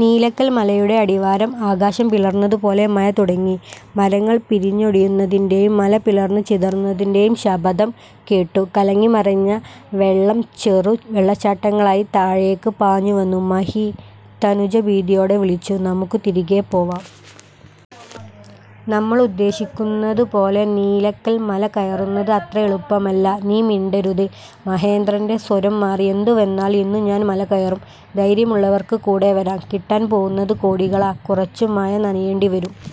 നീലക്കൽ മലയുടെ അടിവാരം ആകാശം പിളർന്നതു പോലെ മഴ തുടങ്ങി. മരങ്ങൾ പിരിഞ്ഞൊടിയുന്നതിന്റെയും മല പിളർന്നു ചിതറുന്നതിന്റെയും ശബദം കേട്ടു. കലങ്ങി മറിഞ്ഞ വെള്ളം ചെറു വെള്ളച്ചാട്ടങ്ങളായി താഴേക്ക് പാഞ്ഞു വന്നു. " മഹീ " തനുജ ഭീതിയോടെ വിളിച്ചു. " നമ്മുക്ക് തിരികെ പോവാം. നമ്മൾ ഉദ്ദേശിക്കുന്നതു പോലെ നീലക്കൽ മല കയറുന്നത് അത്ര എളുപ്പമല്ല "" നീ മിണ്ടരുത് " മഹേന്ദ്രന്റെ സ്വരം മാറി. " എന്തു വന്നാലും ഇന്നു ഞാൻ മല കയറും. ധൈര്യമുള്ളവർക്ക് കൂടെ വരാം. കിട്ടാൻ പോവുന്നത് കോടികളാ. കുറച്ച് മഴ നനയേണ്ടി വരും. "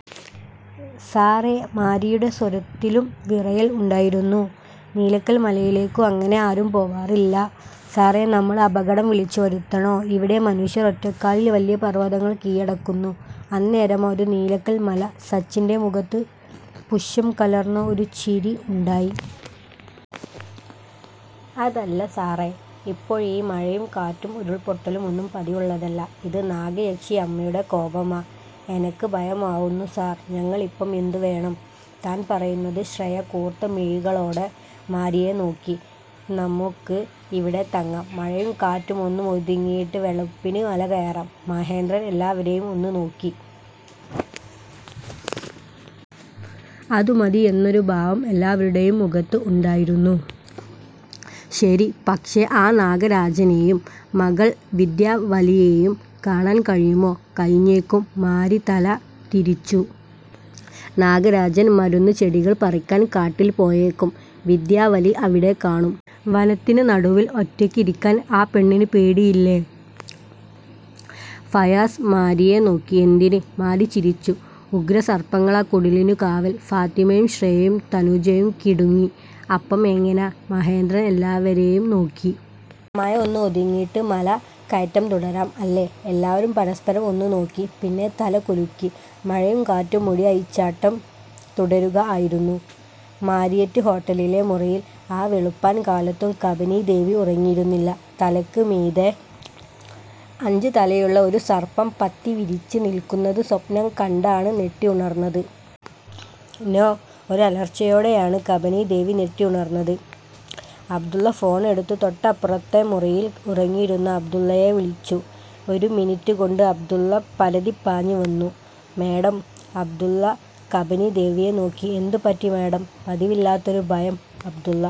" സാറേ " മാരിയുടെ സ്വരത്തിലും വിറയൽ ഉണ്ടായിരുന്നു. '' നീലക്കൽ മലയിലേക്ക് അങ്ങനെ ആരും പോവാറില്ല സാറേ നമ്മള് അപകടം വിളിച്ച് വരുത്തണോ? "" ഇവിടെ മനുഷ്യർ ഒറ്റക്കാലിൽ വല്യ പർവ്വതങ്ങൾ കീഴടക്കുന്നു. അന്നേരമാ ഒരു നീലക്കൽ മല. " സച്ചിന്റെ മുഖത്ത് പുശ്ചം കലർന്ന ഒരു ചിരി ഉണ്ടായി. " അതല്ല സാറേ ഇപ്പഴീ മഴയും കാറ്റും ഉരുൾപൊട്ടലും ഒന്നും പതിവുള്ളതല്ല. ഇത് നാഗയക്ഷിയമ്മയുടെ കോപമാ. എനക്ക് ഭയമാവുന്നു സാർ "" ഞങ്ങളിപ്പം എന്തു വേണം താൻ പറയുന്നത്? " ശ്രേയ കൂർത്ത മിഴികളോടെ മാരിയെ നോക്കി. " നമ്മുക്ക് ഇവിടെ തങ്ങാം. മഴയും കാറ്റും ഒന്ന് ഒതുങ്ങിയിട്ട് വെളുപ്പിന് മല കയറാം " മഹേന്ദ്രൻ എല്ലാവരെയും ഒന്നു നോക്കി. അതു മതി എന്നൊരു ഭാവം എല്ലാവരുടെയും മുഖത്ത് ഉണ്ടായിരുന്നു. " ശരി. പക്ഷേ, ആ നാഗരാജനെയും മകൾ വിന്ധ്യാ വലിയെയും കാണാൻ കഴിയുമോ? "" കഴിഞ്ഞേക്കും " മാരി തല തിരിച്ചു " നാഗരാജൻ മരുന്ന് ചെടികൾ പറിക്കാൻ കാട്ടിൽ പോയേക്കും. വിന്ധ്യാവലി അവിടെ കാണും. "" വനത്തിന് നടുവിൽ ഒറ്റയ്ക്ക് ഇരിക്കാൻ ആ പെണ്ണിന് പേടിയില്ലേ? " ഫയാസ് മാരിയെ നോക്കി. " എന്തിന്? " മാരി ചിരിച്ചു. " ഉഗ്രസർപ്പങ്ങളാ കുടിലിനു കാവൽ " ഫാത്തിമയും ശ്രേയയും തനുജയും കിടുങ്ങി. " അപ്പം എങ്ങനാ " മഹേന്ദ്രൻ എല്ലാവരെയും നോക്കി. " മഴ ഒന്ന് ഒതുങ്ങീട്ട് മല കയറ്റം തുടരാം. അല്ലേ? " എല്ലാവരും പരസ്പരം ഒന്നു നോക്കി. പിന്നെ, തല കുലുക്കി. മഴയും കാറ്റും മുടിയഴിച്ചാട്ടം തുടരുക ആയിരുന്നു. മാരിയറ്റ് ഹോട്ടലിലെ മുറിയിൽ ആ വെളുപ്പാൻ കാലത്തും കബനീ ദേവി ഉറങ്ങിയിരുന്നില്ല. തലയ്ക്ക് മീതെ, അഞ്ച് തലയുള്ള ഒരു സർപ്പം പത്തി വിരിച്ച് നിൽക്കുന്നത് സ്വപ്നം കണ്ടാണ് ഞെട്ടി ഉണർന്നത്. " നോ. " ഒരു അലർച്ചയോടെയാണ് കബനീ ദേവി ഞെട്ടി ഉണർന്നത്. " അബ്ദുള്ള " ഫോണെടുത്ത് തൊട്ടപ്പുറത്തെ മുറിയിൽ ഉറങ്ങിയിരുന്ന അബ്ദുള്ളയെ വിളിച്ചു. ഒരു മിനിറ്റ് കൊണ്ട് അബ്ദുള്ള പരതിപ്പാഞ്ഞ് വന്നു. " മാഡം " അബ്ദുള്ള കബനീ ദേവിയെ നോക്കി. " എന്തു പറ്റി മാഡം ''" പതിവില്ലാത്തൊരു ഭയം അബ്ദുള്ള.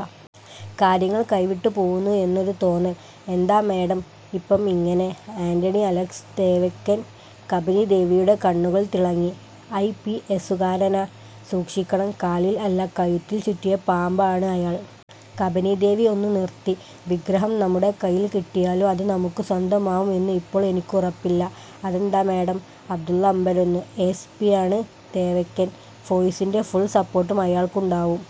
കാര്യങ്ങൾ കൈവിട്ട് പോവുന്നു എന്നൊരു തോന്നൽ "" എന്താ മാഡം ഇപ്പം ഇങ്ങനെ ''" ആൻറണി അലക്സ് തേവയ്ക്കൻ " കബനീ ദേവിയുടെ കണ്ണുകൾ തിളങ്ങി. " ഐ. പി. എസ്സുകാരനാ. സൂക്ഷിക്കണം. കാലിൽ അല്ല കഴുത്തിൽ ചുറ്റിയ പാമ്പ് ആണ് അയാൾ. " കബനീ ദേവി ഒന്നു നിർത്തി. " വിഗ്രഹം നമ്മുടെ കൈയിൽ കിട്ടിയാലും അത് നമ്മുക്ക് സ്വന്തമാവും എന്ന് ഇപ്പോൾ എനിക്ക് ഉറപ്പില്ല. "" അതെന്താ മാഡം? " അബ്ദുള്ള അമ്പരന്നു. '' എ. സി. പിയാണ് തേവയ്ക്കൻ. ഫോഴ്സിന്റെ ഫുൾ സപ്പോർട്ടും അയാൾക്ക് ഉണ്ടാവും.